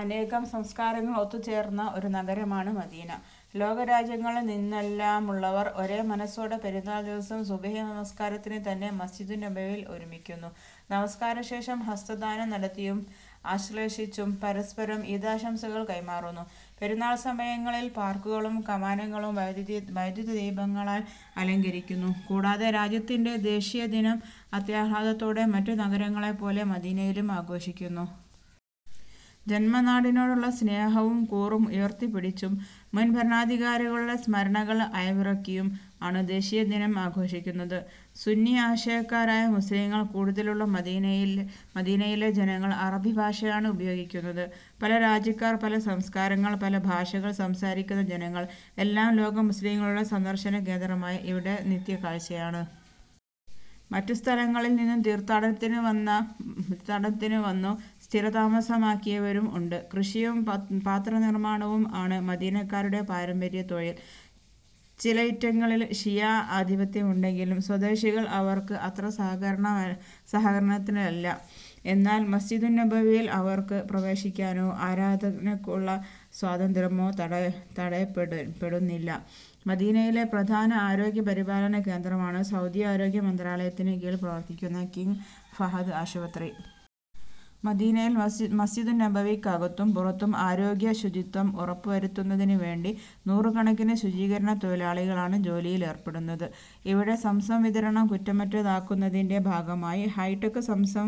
അനേകം സംസ്കാരങ്ങൾ ഒത്തുചേർന്ന ഒരു നഗരമാണ് മദീന. ലോകരാജ്യങ്ങളിൽ നിന്നെല്ലാമുള്ളവർ ഒരേ മനസ്സോടെ പെരുന്നാൾ ദിവസം സുബഹി നമസ്കാരത്തിനു തന്നെ മസ്ജിദുന്നബവിയിൽ ഒരുമിക്കുന്നു. നമസ്കാരശേഷം ഹസ്തദാനം നടത്തിയും ആശ്ളേഷിച്ചും പരസ്പരം ഈദാശംസകൾ കൈമാറുന്നു. പെരുന്നാൾ സമയങ്ങളിൽ പാർക്കുകളും കമാനങ്ങളും വൈദ്യുതദീപങ്ങളാൽ അലങ്കരിക്കുന്നു. കൂടാതെ രാജ്യത്തിന്റെ ദേശീയദിനം അത്യാഹ്ളാദത്തോടെ മറ്റു നഗരങ്ങളെ പോലെ മദീനയിലും ആഘോഷിക്കുന്നു. ജന്മനാടിനോടുള്ള സ്നേഹവും കൂറും ഉയർത്തിപ്പിടിച്ചും മുൻ ഭരണാധികാരികളുടെ സ്മരണകൾ അയവിറക്കിയും ആണ് ദേശീയദിനം ആഘോഷിക്കുന്നത്. സുന്നി ആശയക്കാരായ മുസ്ലിങ്ങൾ കൂടുതലുള്ള മദീനയിലെ ജനങ്ങൾ അറബി ഭാഷയാണ് ഉപയോഗിക്കുന്നത്. പല രാജ്യക്കാർ, പല സംസ്കാരങ്ങൾ, പല ഭാഷകൾ സംസാരിക്കുന്ന ജനങ്ങൾ എല്ലാം ലോക മുസ്ലിംകളുടെ സന്ദർശനകേന്ദ്രമായ ഇവിടെ നിത്യകാഴ്ചയാണ്. മറ്റു സ്ഥലങ്ങളിൽ നിന്നും തീർഥാടനത്തിനു വന്നു സ്ഥിരതാമസമാക്കിയവരും ഉണ്ട്. കൃഷിയും പാത്രനിർമ്മാണവും ആണ് മദീനക്കാരുടെ പാരമ്പര്യ തൊഴിൽ. ചിലയിറ്റങ്ങളിൽ ശിയ ആദിപത്യമുണ്ടങ്കിലും സ്വദേശികൾ അവർക്ക് അത്ര സഹകരണത്തിലല്ല. എന്നാൽ മസ്ജിദുന്നബയിൽ അവർക്ക് പ്രവേശിക്കാനോ ആരാധനക്കുള്ള സ്വാതന്ത്രമോ തടയപ്പെടുന്നില്ലാ.. മദീനയിലെ പ്രധാന ആരോഗ്യ പരിപാലന കേന്ദ്രമാണ് സൗദി ആരോഗ്യ മന്ത്രാലയത്തിന് കീഴിൽ പ്രവർത്തിക്കുന്ന കിങ് ഫഹദ് ആശുപത്രി.. മദീനയിൽ മസ്ജിദുന്നബവിക്കകത്തും പുറത്തും ആരോഗ്യ ശുചിത്വം ഉറപ്പുവരുത്തുന്നതിന് വേണ്ടി നൂറുകണക്കിന് ശുചികരണ തൊഴിലാളികളാണ് ജോലിയിലെർപ്പെടുന്നത്. ഇവിടെ സംസം വിതരണം കുറ്റമറ്റതാക്കുന്നതിന്റെ ഭാഗമായി ഹൈടെക് സംസം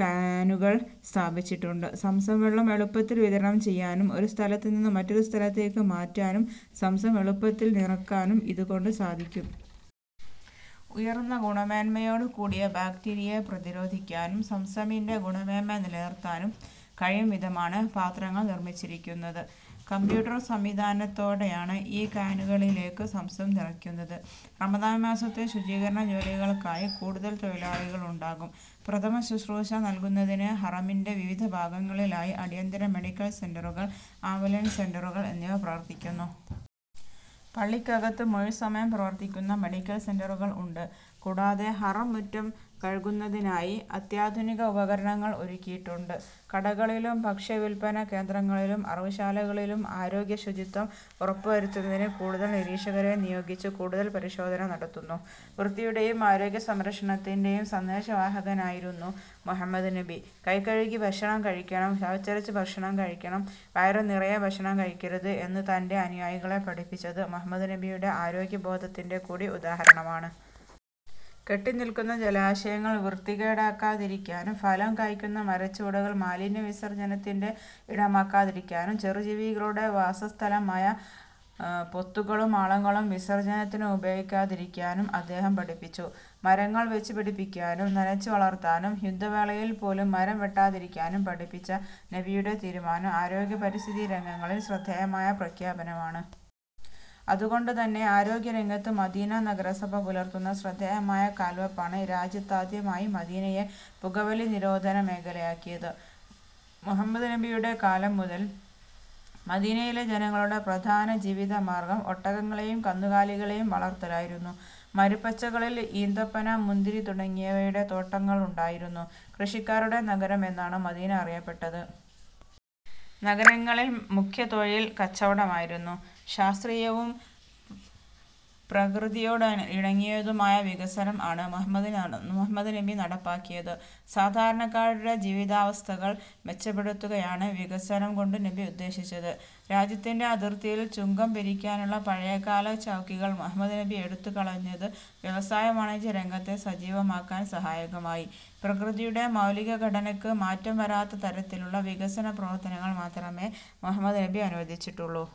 കാനുകൾ സ്ഥാപിച്ചിട്ടുണ്ട്. സംസം വെള്ളം എളുപ്പത്തിൽ വിതരണം ചെയ്യാനും ഒരുസ്ഥലത്ത് നിന്ന് മറ്റൊരു സ്ഥലത്തേക്ക് മാറ്റാനും സംസം എളുപ്പത്തിൽ നിറക്കാനും ഇത് കൊണ്ട് സാധിക്കും. ഉയർന്ന ഗുണമേന്മയോട് കൂടിയ ബാക്ടീരിയയെ പ്രതിരോധിക്കാനും സംസമിന്റെ ഗുണമേന്മ നിലനിർത്താനും കഴിയും വിധമാണ് പാത്രങ്ങൾ നിർമിച്ചിരിക്കുന്നത്. കമ്പ്യൂട്ടർ സംവിധാനത്തോടെയാണ് ഈ കാനുകളിലേക്ക് സംസം നിറക്കുന്നത്. റമദാൻ മാസത്തിൽ ശുചീകരണ ജോലികൾക്കായി കൂടുതൽ തൊഴിലാളികളുണ്ടാവും. പ്രഥമശുശ്രൂഷ നൽകുന്നതിന് ഹറമിന്റ വിവിധ ഭാഗങ്ങളിലായി അടിയന്തര മെഡിക്കൽ സെന്ററുകൾ, ആംബുലൻസ് സെന്ററുകൾ എന്നിവ പ്രവർത്തിക്കുന്നു. പള്ളിക്കകത്ത് മുഴുസമയം പ്രവർത്തിക്കുന്ന മെഡിക്കൽ സെന്ററുകൾ ഉണ്ട്. കൂടാതെ ഹറം മുറ്റം കഴുകുന്നതിനായി അത്യാധുനിക ഉപകരണങ്ങൾ ഒരുക്കിയിട്ടുണ്ട്. കടകളിലും ഭക്ഷ്യവിൽപന കേന്ദ്രങ്ങളിലും അറവുശാലകളിലും ആരോഗ്യ ശുചിത്വം ഉറപ്പുവരുത്തുന്നതിന് കൂടുതൽ നിരീക്ഷകരെ നിയോഗിച്ച് കൂടുതൽ പരിശോധന നടത്തുന്നു. വൃത്തിയുടെയും ആരോഗ്യ സംരക്ഷണത്തിന്റെയും സന്ദേശവാഹകനായിരുന്നു മുഹമ്മദ് നബി. കൈകഴുകി ഭക്ഷണം കഴിക്കണം, ചവച്ചരച്ച് ഭക്ഷണം കഴിക്കണം, വയറ് നിറയെ ഭക്ഷണം കഴിക്കരുത് എന്ന് തന്റെ അനുയായികളെ പഠിപ്പിച്ചത് മുഹമ്മദ് നബിയുടെ ആരോഗ്യ ബോധത്തിന്റെ കൂടി ഉദാഹരണമാണ്. കെട്ടിനിൽക്കുന്ന ജലാശയങ്ങൾ വൃത്തികേടാക്കാതിരിക്കാനും ഫലം കായ്ക്കുന്ന മരച്ചുവടുകൾ മാലിന്യ വിസർജനത്തിന്റെ ഇടമാക്കാതിരിക്കാനും ചെറുജീവികളുടെ വാസസ്ഥലമായ പൊത്തുകളും മാളങ്ങളും വിസർജനത്തിന് ഉപയോഗിക്കാതിരിക്കാനും അദ്ദേഹം പഠിപ്പിച്ചു. മരങ്ങൾ വെച്ച് പിടിപ്പിക്കാനും നനച്ച് വളർത്താനും യുദ്ധവേളയിൽ പോലും മരം വെട്ടാതിരിക്കാനും പഠിപ്പിച്ച നബിയുടെ തീരുമാനം ആരോഗ്യ പരിസ്ഥിതി രംഗങ്ങളിൽ ശ്രദ്ധേയമായ പ്രഖ്യാപനങ്ങളാണ്. അത് കൊണ്ട് തന്നെ ആരോഗ്യ രംഗത്ത് മദീന നഗരസഭ പുലർത്തുന്ന ശ്രദ്ധേയമായ കാൽവെപ്പാണ് രാജ്യത്താദ്യമായി മദീനയെ പുകവലി നിരോധന മേഖലയാക്കിയത്. മുഹമ്മദ് നബിയുടെ കാലം മുതൽ മദീനയിലെ ജനങ്ങളുടെ പ്രധാന ജീവിതമാർഗ്ഗം ഒട്ടകങ്ങളെയും കന്നുകാലികളെയും വളർത്തലായിരുന്നു. മരുപ്പച്ചകളിൽ ഈന്തപ്പന, മുന്തിരി തുടങ്ങിയവയുടെ തോട്ടങ്ങളുണ്ടായിരുന്നു. കൃഷിക്കാരുടെ നഗരം എന്നാണ് മദീന അറിയപ്പെട്ടത്. നഗരങ്ങളിൽ മുഖ്യതൊഴിൽ കച്ചവടമായിരുന്നു. ശാസ്ത്രീയവും പ്രക്രതിയോടിണങ്ങുന്നതുമായ വികസനം ആണ് മുഹമ്മദ് നബി നടപ്പാക്കിയത്. സാധാരണക്കാരുടെ ജീവിതാവസ്ഥകൾ മെച്ചപ്പെടുത്തുകയാണ് വികസനം കൊണ്ട് നബി ഉദ്ദേശിച്ചത്. രാജ്യത്തിന്റെ അതിർത്തിയിൽ ചുങ്കം പിരിക്കാനുള്ള പഴയകാല ചൗക്കികൾ മുഹമ്മദ് നബി എടുത്ത് കളഞ്ഞത് വ്യവസായ-വാണിജ്യ രംഗത്തെ സജീവമാക്കാൻ സഹായകമായി. പ്രകൃതിയുടെ മൗലിക ഘടനക്ക് മാറ്റം വരാത്ത തരത്തിലുള്ള വികസന പ്രവർത്തനങ്ങൾ മാത്രമേ മുഹമ്മദ് നബി അനുവദിച്ചിട്ടുള്ളൂ.